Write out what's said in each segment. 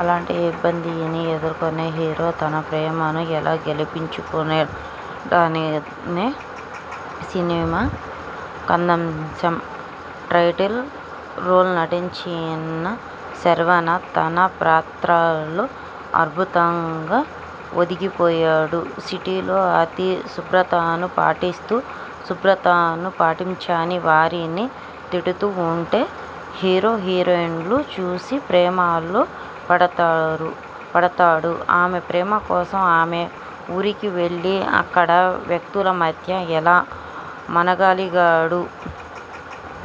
అలాంటి ఇబ్బందిని ఎదుర్కొనే హీరో, తన ప్రేమను ఎలా గెలిపించుకున్నాడనేనే సినిమా కధంశం. టైటిల్ రోల్లో నటించిన శర్వానంద్ తన ప్రాత్రలో అద్భుతంగా ఒదిగిపోయాడు. సిటీలో అతి శుభ్రతను పాటిస్తూ, శుబ్రాతను పాటించని వారిని తిడుతూ ఉంటే హీరో, హీరోయిన్ను చూసి ప్రేమాలో పడతాడు. ఆమె ప్రేమ కోసం ఆమె ఊరికి వెళ్లి, అక్కడ వ్యక్తుల మధ్య ఎలా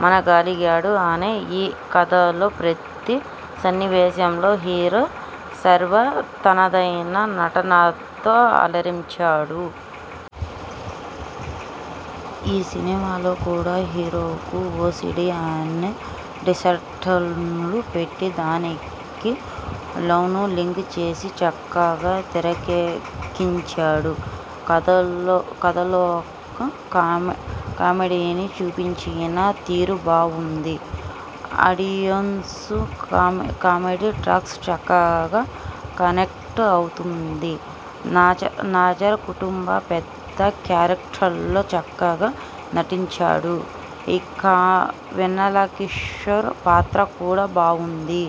మనగలిగాడు అనే ఈ కథలో ప్రతి సన్నివేశంలో హీరో శర్వా తనదైన నటనతో అలరించాడు. ఈసినిమాలో కూడా హీరోకు ఓసీడీ అనే డిసార్డర్ను పెట్టి, దానికి లవ్ను లింక్ చేసి చక్కగా తెరకెక్కించాడు. కథలోకామెడీని చొప్పించిన తీరు బావుంది. ఆడియెన్స్కు కామెడీ ట్రాక్ చక్కగా కనెక్ట్ అవుతుంది. నాజర్ కుటుంబ పెద్ద క్యారెక్టర్లో చక్కగా నటించాడు. ఇక వెన్నెలకిషోర్ పాత్ర కూడా బావుంది.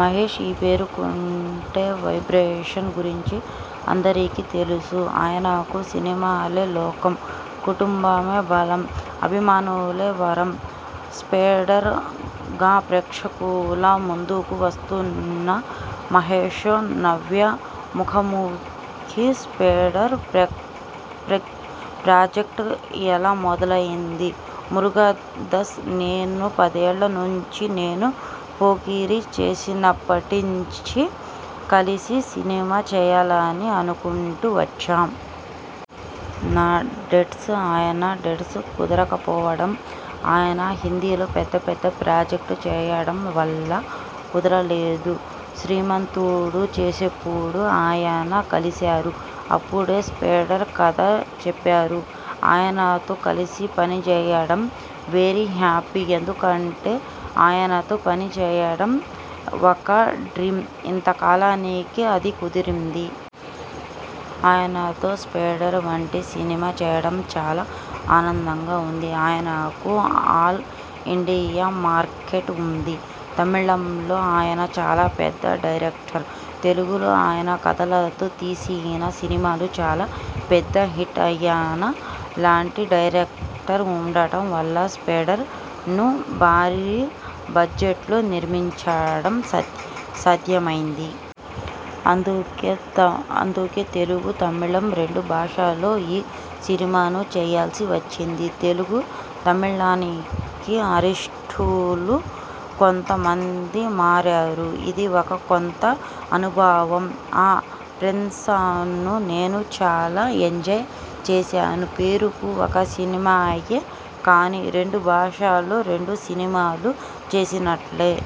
మహేశ్ ఈ పేరుకుండే వైబ్రేషన్స్ గురించి అందరికీ తెలుసు. ఆయనకు సినిమాలే లోకం. కుటుంబమే బలం. అభిమానులే వరం. 'స్పైడర్' గా ప్రేక్షకుల ముందుకు వస్తున్న మహేశ్తో 'నవ్య' ముఖాముఖి. 'స్పైడర్' ప్రాజెక్ట్ ఎలా మొదలైంది? మురుగదాస్, నేను పదేళ్ల నుంచీ నేను 'పోకిరి' చేసినప్పట్నించీ కలిసి సినిమా చేయాలని అనుకుంటూ వచ్చాం. నా డేట్స్, ఆయన డేట్స్ కుదరకపోవడం, ఆయన హిందీలో పెద్ద పెద్ద ప్రాజెక్ట్స్ చేయడం వల్ల కుదరలేదు. 'శ్రీమంతుడు' చేసేప్పుడు ఆయన కలిశారు. అప్పుడే 'స్పైడర్' కథ చెప్పారు. ఆయనతో కలిసి పనిచేయడం వెరీ హ్యాపీ. ఎందుకంటే ఆయనతో పనిచేయడం ఒక డ్రీమ్. ఇంత కాలానికి అది కుదిరింది. ఆయనతో 'స్పైడర్' వంటి సినిమా చేయడం చాలా ఆనందంగా ఉంది. ఆయనకు ఆల్ ఇండియా మార్కెట్ ఉంది. తమిళంలో ఆయన చాలా పెద్ద డైరెక్టర్. తెలుగులో ఆయన కథలతో తీసిన సినిమాలు చాలా పెద్ద హిట్. ఆయన లాంటి డైరెక్టర్ ఉండటం వల్ల 'స్పైడర్'ను భారీ బడ్జెట్లో నిర్మించడం సధ్యమైంది. అందుకే తెలుగు, తమిళం రెండు భాషల్లో ఈ సినిమాను చేయాల్సి వచ్చింది. తెలుగు, తమిళానికి ఆరీస్టులు కొంత మంది మారారు. ఇది ఒక కొత్త అనుభవం. ఆ ప్రేన్సాను నేను చాలా ఎంజాయ్ చేశాను. పేరుకు ఒక సినిమాయే కానీ రెండు భాషల్లో రెండు సినిమాలు చేసినట్లే!